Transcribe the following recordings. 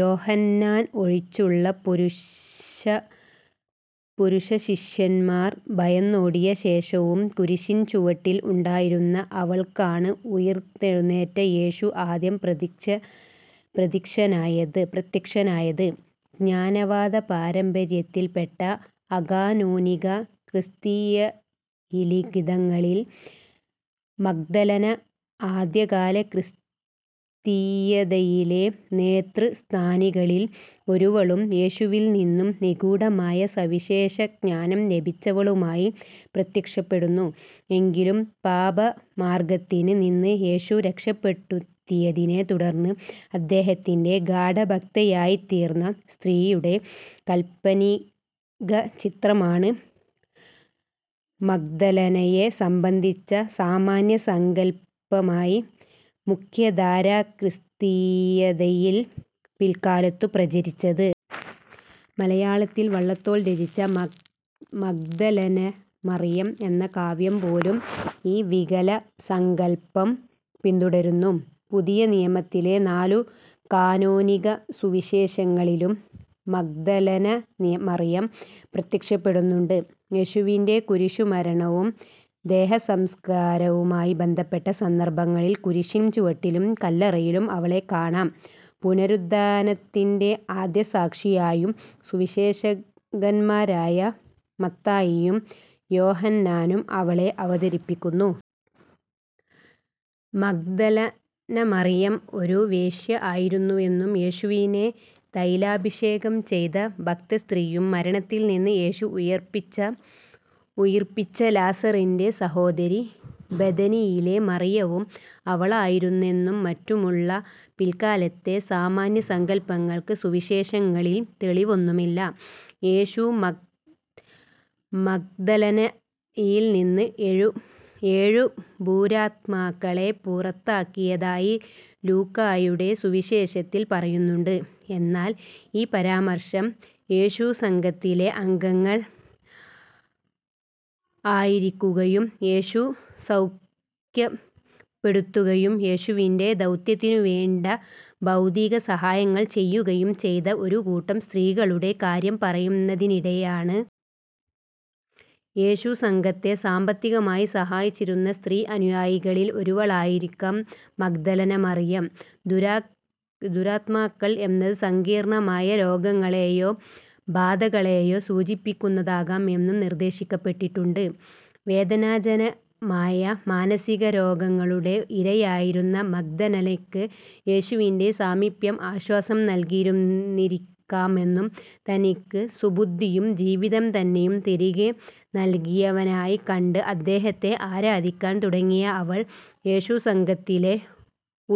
യോഹന്നാൻ ഒഴിച്ചുള്ള പുരുഷ പുരുഷശിഷ്യന്മാർ ഭയന്നോടിയ ശേഷവും കുരിശിൻ ചുവട്ടിൽ ഉണ്ടായിരുന്ന അവൾക്കാണ് ഉയിർത്തെഴുന്നേറ്റ യേശു ആദ്യം പ്രത്യക്ഷനായത്. ജ്ഞാനവാദപാരമ്പര്യത്തിൽ പെട്ട അകാനോനിക ക്രിസ്തീയലിഖിതങ്ങളിൽ 'മഗ്ദലന' ആദ്യകാലക്രിസ്തീയതയിലെ നേതൃസ്ഥാനികളിൽ ഒരുവളും യേശുവിൽ നിന്ന് നിഗൂഢമായ സവിശേഷജ്ഞാനം ലഭിച്ചവളുമായി പ്രത്യക്ഷപ്പെടുന്നു. എങ്കിലും പാപമാർഗ്ഗത്തിൽ നിന്ന് യേശു രക്ഷപെടുത്തിയതിനെ തുടർന്ന് അദ്ദേഹത്തിന്റെ ഗാഢഭക്തയായിത്തീർന്ന സ്ത്രീയുടെ കാല്പനികചിത്രമാണ് മഗ്ദലനയെ സംബന്ധിച്ച സാമാന്യസങ്കല്പമായി മുഖ്യധാരാക്രിസ്തീയതയിൽ പിൽക്കാലത്തു പ്രചരിച്ചത്. മലയാളത്തിൽ വള്ളത്തോൾ രചിച്ച 'മഗ്ദലനമറിയം' എന്ന കാവ്യം പോലും ഈ വികലസങ്കല്പം പിന്തുടരുന്നു. പുതിയനിയമത്തിലെ നാലു കാനോനിക സുവിശേഷങ്ങളിലും മഗ്ദലനമറിയം പ്രത്യക്ഷപ്പെടുന്നുണ്ട്. യേശുവിന്റെ കുരിശുമരണവും ദേഹസംസ്കാരവുമായി ബന്ധപ്പെട്ട സന്ദർഭങ്ങളിൽ കുരിശിൻ ചുവട്ടിലും കല്ലറയിലും അവളെ കാണാം. പുനരുദ്ധാനത്തിന്റെ ആദ്യസാക്ഷിയായും സുവിശേഷകന്മാരായ മത്തായിയും യോഹന്നാനും അവളെ അവതരിപ്പിക്കുന്നു. മഗ്ദലനമറിയം ഒരു വേശ്യ ആയിരുന്നുവെന്നും, യേശുവിനെ തൈലാഭിഷേകം ചെയ്ത ഭക്തസ്ത്രീയും മരണത്തിൽ നിന്ന് യേശു ഉയിർപ്പിച്ച ലാസറിന്റെ സഹോദരി ബെഥനിയിലെ മറിയവും അവളായിരുന്നെന്നും മറ്റുമുള്ള പിൽക്കാലത്തെ സാമാന്യസങ്കല്പങ്ങൾക്ക് സുവിശേഷങ്ങളിൽ തെളിവൊന്നുമില്ല. യേശു 'മഗ്ദലന'-യിൽ നിന്ന് ഏഴു ദുരാത്മാക്കളെ പുറത്താക്കിയതായി ലൂക്കായുടെ സുവിശേഷത്തിൽ പറയുന്നുണ്ട്. എന്നാൽ ഈ പരാമർശം, യേശുസംഘത്തിലെ അംഗങ്ങൾ ആയിരിക്കുകയും യേശു സൗഖ്യപ്പെടുത്തുകയും യേശുവിന്റെ ദൗത്യത്തിനു വേണ്ട ഭൗതികസഹായങ്ങൾ ചെയ്യുകയും ചെയ്ത ഒരുകൂട്ടം സ്ത്രീകളുടെ കാര്യം പറയുന്നതിനിടെയാണ്. യേശുസംഘത്തെ സാമ്പത്തികമായി സഹായിച്ചിരുന്ന സ്ത്രീ അനുയായികളിൽ ഒരുവളായിരുന്നിരിക്കാം മഗ്ദലനമറിയം. 'ദുരാത്മാക്കൾ' എന്നത് സങ്കീർണ്ണമായ രോഗങ്ങളേയോ 'ബാധ'-കളേയോ സൂചിപ്പിക്കുന്നതാകാം എന്നും നിർദ്ദേശിക്കപ്പെട്ടിട്ടുണ്ട്. വേദനാജനമായ മാനസികരോഗങ്ങളുടെ ഇരയായിരുന്ന മഗ്ദലനയ്ക്ക് യേശുവിന്റെ സാമീപ്യം ആശ്വാസം നൽകിയിരുന്നിരിക്കാമെന്നും തനിക്ക് സുബുദ്ധിയും ജീവിതം തന്നെയും തിരികെ നൽകിയവനായി കണ്ട് അദ്ദേഹത്തെ ആരാധിക്കാൻ തുടങ്ങിയ അവൾ യേശുസംഘത്തിലെ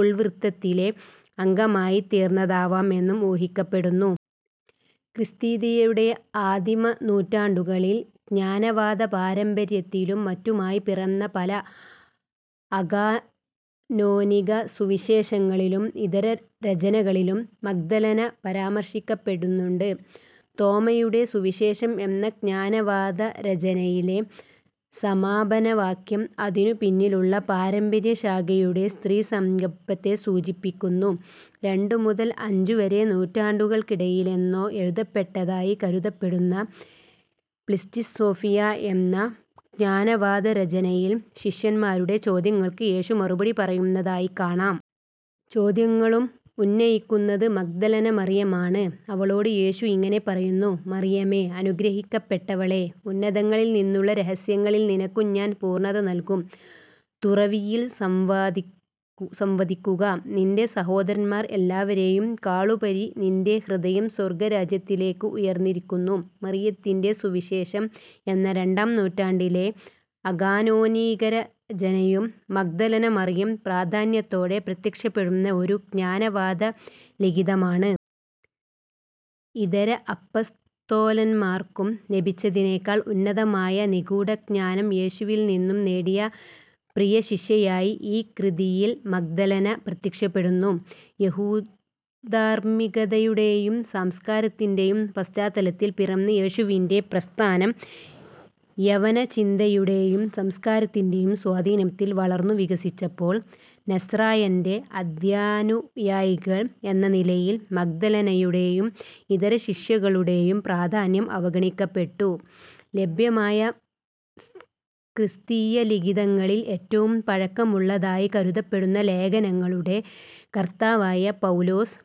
ഉൾവൃത്തത്തിലെ അംഗമായിത്തീർന്നതാവാം എന്നും ഊഹിക്കപ്പെടുന്നു. ക്രിസ്തീയതയുടെ ആദിമനൂറ്റാണ്ടുകളിൽ ജ്ഞാനവാദപാരമ്പര്യത്തിലും മറ്റുമായി പിറന്ന പല അകാനോനിക സുവിശേഷങ്ങളിലും ഇതരരചനകളിലും 'മഗ്ദലന' പരാമർശിക്കപ്പെടുന്നുണ്ട്. തോമായുടെ സുവിശേഷം എന്ന ജ്ഞാനവാദരചനയിലെ സമാപനവാക്യം അതിനു പിന്നിലുള്ള പാരമ്പര്യശാഖയുടെ സ്ത്രീസങ്കല്പത്തെ സൂചിപ്പിക്കുന്നു:- രണ്ടു മുതൽ അഞ്ചുവരെ നൂറ്റാണ്ടുകൾക്കിടയിലെന്നോ എഴുതപ്പെട്ടതായി കരുതപ്പെടുന്ന "പിസ്റ്റിസ് സോഫിയ" എന്ന ജ്ഞാനവാദരചനയിൽ ശിഷ്യന്മാരുടെ ചോദ്യങ്ങൾക്ക് യേശു മറുപടി പറയുന്നതായി കാണാം. ചോദ്യങ്ങളും ഉന്നയിക്കുന്നത് മഗ്ദലനമറിയമാണ്. അവളോട് യേശു ഇങ്ങനെ പറയുന്നു: "മറിയമേ, അനുഗ്രഹിക്കപ്പെട്ടവളേ, ഉന്നതങ്ങളിൽ നിന്നുള്ള രഹസ്യങ്ങളിൽ നിനക്കു ഞാൻ പൂർണ്ണത നൽകും. തുറവിയിൽ സംവദിക്കുക. നിന്റെ സഹോദരന്മാർ എല്ലാവരേയുംകാളുപരി നിന്റെ ഹൃദയം സ്വർഗ്ഗരാജ്യത്തിലേയ്ക്ക് ഉയർന്നിരിക്കുന്നു. " "മറിയത്തിന്റെ സുവിശേഷം" എന്ന രണ്ടാം നൂറ്റാണ്ടിലെ അകാനോനികരചനയും മഗ്ദലനമറിയം പ്രാധാന്യത്തോടെ പ്രത്യക്ഷപ്പെടുന്ന ഒരു ജ്ഞാനവാദലിഖിതമാണ്. ഇതര അപ്പസ്തോലന്മാർക്കു ലഭിച്ചതിനേക്കാൾ ഉന്നതമായ നിഗൂഢജ്ഞാനം യേശുവിൽ നിന്നു നേടിയ പ്രിയശിഷ്യയായി ഈ കൃതിയിൽ മഗ്ദലന പ്രത്യക്ഷപ്പെടുന്നു. യഹൂദധാർമ്മികതയുടേയും സംസ്കാരത്തിന്റേയും പശ്ചാത്തലത്തിൽ പിറന്ന യേശുവിന്റെ പ്രസ്ഥാനം യവനചിന്തയുടേയും സംസ്കാരത്തിന്റേയും സ്വാധീനത്തിൽ വളർന്നു വികസിച്ചപ്പോൾ, 'നസ്രായന്റെ' ആദ്യാനുയായികൾ എന്ന നിലയിൽ മഗ്ദലനയുടേയും ഇതരശിഷ്യകളുടേയും പ്രാധാന്യം അവഗണിക്കപ്പെട്ടു. ലഭ്യമായ ക്രിസ്തീയലിഖിതങ്ങളിൽ ഏറ്റവും പഴക്കമുള്ളതായി കരുതപ്പെടുന്ന ലേഖനങ്ങളുടെ കർത്താവായ പൗലോസ്,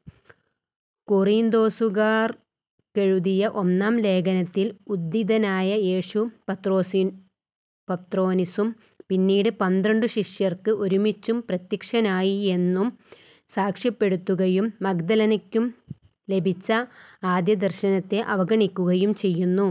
കൊറീന്തോസുകാർക്കെഴുതിയ ഒന്നാം ലേഖനത്തിൽ ഉദ്ധിതനായ യേശു പത്രോനിസും പിന്നീട് പന്ത്രണ്ടു ശിഷ്യർക്ക് ഒരുമിച്ചും പ്രത്യക്ഷനായി എന്നു സാക്ഷ്യപ്പെടുത്തുകയും മഗ്ദലനയ്ക്കു ലഭിച്ച ആദ്യദർശനത്തെ അവഗണിക്കുകയും ചെയ്യുന്നു.